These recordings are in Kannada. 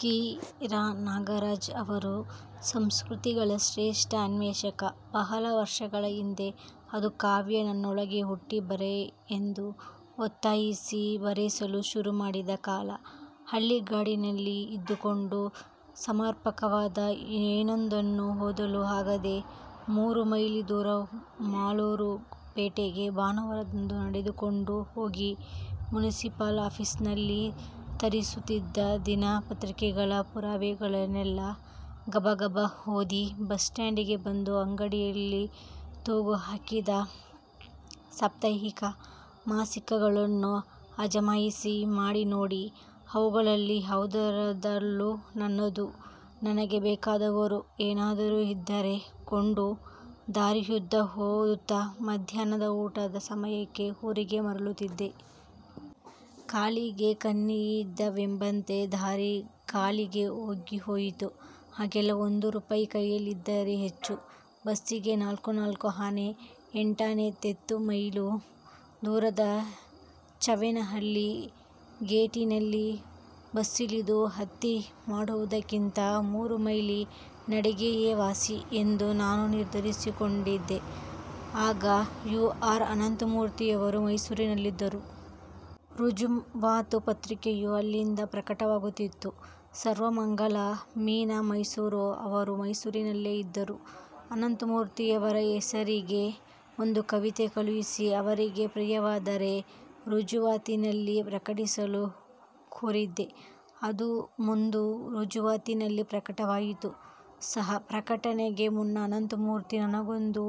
ಕಿ. ರಂ. ನಾಗರಾಜ ಅವರು ಸಂಸ್ಕೃತಿಗಳ ಶ್ರೇಷ್ಠ ಅನ್ವೇಷಕ. ಬಹಳ ವರ್ಷಗಳ ಹಿಂದೆ ಅದು ಕಾವ್ಯ ನನ್ನೊಳಗೆ ಹುಟ್ಟಿ ಬರೆಯೆಂದು ಒತ್ತಾಯಿಸಿ ಬರೆಸಲು ಶುರು ಮಾಡಿದ ಕಾಲ. ಹಳ್ಳಿಗಾಡಿನಲ್ಲಿ ಇದ್ದುಕೊಂಡು ಸಮರ್ಪಕವಾದ ಏನೊಂದನ್ನೂ ಓದಲು ಆಗದೆ, ಮೂರು ಮೈಲಿ ದೂರ ಮಾಲೂರು ಪೇಟೆಗೆ ಭಾನುವಾರದಂದು ನಡೆದುಕೊಂಡು ಹೋಗಿ ಮುನಿಸಿಪಲ್ ಆಫೀಸಿನಲ್ಲಿ ತರಿಸುತ್ತಿದ್ದ ದಿನ ಪತ್ರಿಕೆಗಳ ಪುರವಣಿಗಳನ್ನೆಲ್ಲ ಗಬಗಬ ಓದಿ ಬಸ್ ಸ್ಟಾಂಡಿಗೆ ಬಂದು ಅಂಗಡಿಯಲ್ಲಿ ತೂಗುಹಾಕಿದ ಸಾಪ್ತಾಹಿಕ, ಮಾಸಿಕಗಳನ್ನು ಅಜಮಾಯಿಶಿ ಮಾಡಿ ನೋಡಿ, ಅವುಗಳಲ್ಲಿ ಯಾವುದರಲ್ಲಾದರೂ ನನ್ನದೋ, ನನಗೆ ಬೇಕಾದವರದೋ ಏನಾದರೂ ಇದ್ದರೆ ಕೊಂಡು, ದಾರಿಯುದ್ದ ಓದುತ್ತಾ ಮಧ್ಯಾಹ್ನದ ಊಟದ ಸಮಯಕ್ಕೆ ಊರಿಗೆ ಮರಳುತ್ತಿದ್ದೆ. ಕಾಲಿಗೆ ಕಣ್ಣಿದ್ದವೆಂಬಂತೆ ದಾರಿ ಕಾಲಿಗೆ ಒಗ್ಗಿಹೋಗಿತ್ತು. ಆಗೆಲ್ಲ ಒಂದು ರೂಪಾಯಿ ಕೈಲಿದ್ದರೆ ಹೆಚ್ಚು. ಬಸ್ಸಿಗೆ ನಾಲ್ಕು ನಾಲ್ಕು ಆಣೆ ಎಂಟಾಣೆ ತೆತ್ತು ಮೈಲಿ ದೂರದ ಚವ್ವೇನಹಳ್ಳಿ ಗೇಟಿನಲ್ಲಿ ಬಸ್ಸಿಳಿದು ಹತ್ತಿ ಮಾಡುವುದಕ್ಕಿಂತ ಮೂರು ಮೈಲಿ ನಡಿಗೆಯೇ ವಾಸಿ ಎಂದು ನಾನು ನಿರ್ಧರಿಸಿಕೊಂಡಿದ್ದೆ. ಆಗ ಯು ಆರ್ ಅನಂತಮೂರ್ತಿಯವರು ಮೈಸೂರಿನಲ್ಲಿದ್ದರು. ರುಜುವಾತು ಪತ್ರಿಕೆಯೂ ಅಲ್ಲಿಂದ ಪ್ರಕಟವಾಗುತ್ತಿತ್ತು. ಸರ್ವಮಂಗಳ, ಮೀನಾ ಮೈಸೂರು ಅವರೂ ಮೈಸೂರಿನಲ್ಲೇ ಇದ್ದರು. ಅನಂತಮೂರ್ತಿಯವರ ಹೆಸರಿಗೇ ಒಂದು ಕವಿತೆ ಕಳುಹಿಸಿ ಅವರಿಗೆ ಪ್ರಿಯವಾದರೆ ರುಜುವಾತಿನಲ್ಲಿ ಪ್ರಕಟಿಸಲು ಕೋರಿದ್ದೆ. ಅದು ಮುಂದೆ ರುಜುವಾತಿನಲ್ಲಿ ಪ್ರಕಟವಾಯಿತು ಸಹ. ಪ್ರಕಟಣೆಗೆ ಮುನ್ನ ಅನಂತಮೂರ್ತಿ ನನಗೊಂದು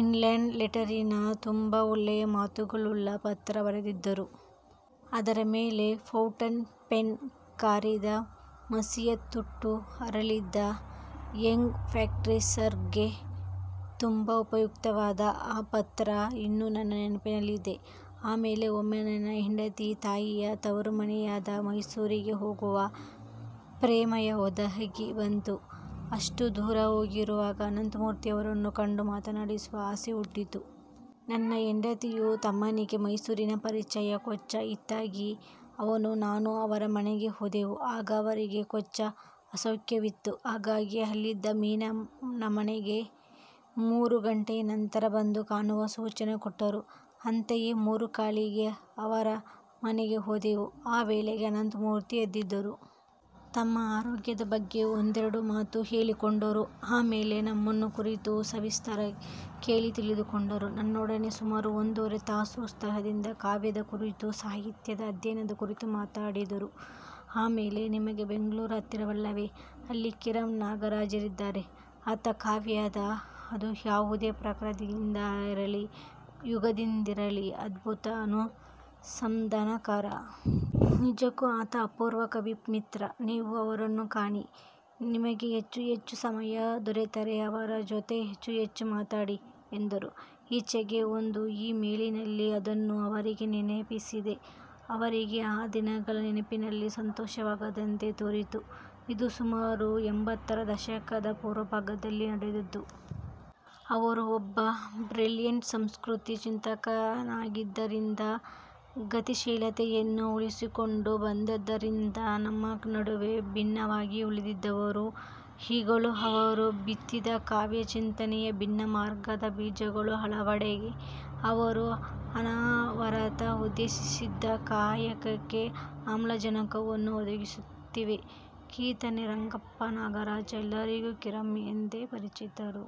ಇನ್ಲ್ಯಾಂಡ್ ಲೆಟರಿನ ತುಂಬ ಒಳ್ಳೆಯ ಮಾತುಗಳುಳ್ಳ ಪತ್ರ ಬರೆದಿದ್ದರು. ಅದರ ಮೇಲೆ ಫೌಂಟನ್ ಪೆನ್ ಕಾರಿದ ಮಸಿಯ ತೊಟ್ಟು ಅರಳಿದ್ದ ಯಂಗ್ ಪ್ರಾಕ್ಟೀಶನರ್ಗೆ ತುಂಬ ಉಪಯುಕ್ತವಾದ ಆ ಪತ್ರ ಇನ್ನೂ ನನ್ನ ನೆನಪಲ್ಲಿದೆ. ಆಮೇಲೆ ಒಮ್ಮೆ ನನ್ನ ಹೆಂಡತಿಯ ತಾಯಿಯ ತವರು ಮನೆಯಾದ ಮೈಸೂರಿಗೆ ಹೋಗುವ ಪ್ರಮೇಯ ಒದಗಿ ಬಂತು. ಅಷ್ಟು ದೂರ ಹೋಗಿರುವಾಗ ಅನಂತಮೂರ್ತಿಯವರನ್ನು ಕಂಡು ಮಾತಾಡಿಸುವ ಆಸೆ ಹುಟ್ಟಿತು. ನನ್ನ ಹೆಂಡತಿಯ ತಮ್ಮನಿಗೆ ಮೈಸೂರಿನ ಪರಿಚಯ ಕೊಂಚ ಇತ್ತಾಗಿ ಅವನೂ ನಾನೂ ಅವರ ಮನೆಗೆ ಹೋದೆವು. ಆಗ ಅವರಿಗೆ ಕೊಂಚ ಅಸೌಖ್ಯವಿತ್ತು. ಹಾಗಾಗಿ ಅಲ್ಲಿದ್ದ ಮೀನಾ ನಮಗೆ ಮೂರು ಘಂಟೆಯ ನಂತರ ಬಂದು ಕಾಣುವ ಸೂಚನೆ ಕೊಟ್ಟರು. ಅಂತೆಯೇ ಮೂರೂಕಾಲಿಗೆ ಅವರ ಮನೆಗೆ ಹೋದೆವು. ಆ ವೇಳೆಗೆ ಅನಂತಮೂರ್ತಿ ಎದ್ದಿದ್ದರು. ತಮ್ಮ ಅನಾರೋಗ್ಯದ ಬಗ್ಗೆ ಒಂದೆರಡು ಮಾತು ಹೇಳಿಕೊಂಡರು. ಆ ಮೇಲೆ ನಮ್ಮನ್ನು ಕುರಿತು ಸವಿಸ್ತಾರ ಕೇಳಿ ತಿಳಿದುಕೊಂಡರು. ನನ್ನೊಡನೆ ಸುಮಾರು ಒಂದೊಂದೂವರೆ ತಾಸು ಉತ್ಸಾಹದಿಂದ ಕಾವ್ಯದ ಕುರಿತು, ಸಾಹಿತ್ಯದ ಅಧ್ಯಯನದ ಕುರಿತು ಮಾತಾಡಿದರು. ಆ ಮೇಲೆ ನಿಮಗೆ ಬೆಂಗಳೂರು ಹತ್ತಿರವಲ್ಲವೇ? ಅಲ್ಲಿ ಕಿರಂ ನಾಗರಾಜರಿದ್ದಾರೆ. ಆತ ಕಾವ್ಯದ ಅದು ಯಾವುದೇ ಪ್ರಕಾರದ್ದಿರಲಿ, ಯುಗದ್ದಿರಲಿ ಅದ್ಭುತ ಅನುಸಂಧಾನಕಾರ. ನಿಜಕ್ಕೂ ಆತ ಅಪೂರ್ವ ಕವಿಮಿತ್ರ. ನೀವು ಅವರನ್ನು ಕಾಣಿ. ನಿಮಗೆ ಹೆಚ್ಚು ಹೆಚ್ಚು ಸಮಯ ದೊರೆತರೆ ಅವರ ಜೊತೆ ಹೆಚ್ಚು ಹೆಚ್ಚು ಮಾತಾಡಿ ಎಂದರು. ಈಚೆಗೆ ಒಂದು ಇ ಮೇಲಿನಲ್ಲಿ ಅದನ್ನು ಅವರಿಗೆ ನೆನಪಿಸಿದೆ. ಅವರಿಗೆ ಆ ದಿನಗಳ ನೆನಪಿನಲ್ಲಿ ಸಂತೋಷವಾದಂತೆ ತೋರಿತು. ಇದು ಸುಮಾರು ಎಂಬತ್ತರ ದಶಕದ ಪೂರ್ವಭಾಗದಲ್ಲಿ ನಡೆದದ್ದು. ಅವರು ಒಬ್ಬ ಬ್ರಿಲಿಯಂಟ್ ಸಂಸ್ಕೃತಿ ಚಿಂತಕನಾದ್ದರಿಂದ, ಗತಿಶೀಲತೆಯನ್ನು ಉಳಿಸಿಕೊಂಡು ಬಂದದ್ದರಿಂದ ನಮ್ಮ ನಡುವೆ ಭಿನ್ನವಾಗಿ ಉಳಿದಿದ್ದವರು. ಈಗಲೂ ಅವರು ಬಿತ್ತಿದ ಕಾವ್ಯ ಚಿಂತನೆಯ ಭಿನ್ನ ಮಾರ್ಗದ ಬೀಜಗಳು ಹಲವೆಡೆ ಅವರು ಅನವರತ ಉದ್ದೇಶಿಸಿದ್ದ ಕಾಯಕಕ್ಕೆ ಆಮ್ಲಜನಕವನ್ನು ಒದಗಿಸುತ್ತಿವೆ. ಕಿತ್ತಾನೆ ರಂಗಪ್ಪ ನಾಗರಾಜ ಎಲ್ಲರಿಗೂ ಕಿರಂ ಎಂದೇ ಪರಿಚಿತರು.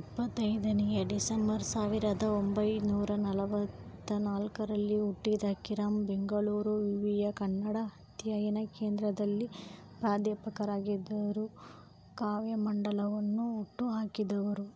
ಇಪ್ಪತೈದನೇ ಡಿಸೆಂಬರ್ ಸಾವಿರದ ಒಂಬೈನೂರಾ ನಲವತ್ತ ನಾಲ್ಕರಲ್ಲಿ ಹುಟ್ಟಿದ ಕಿರಂ, ಬೆಂಗಳೂರು ವಿವಿಯ ಕನ್ನಡ ಅಧ್ಯಯನ ಕೇಂದ್ರದಲ್ಲಿ ಪ್ರಾಧ್ಯಾಪಕರಾಗಿದ್ದವರು, ಕಾವ್ಯಮಂಡಲವನ್ನು ಹುಟ್ಟುಹಾಕಿದವರು.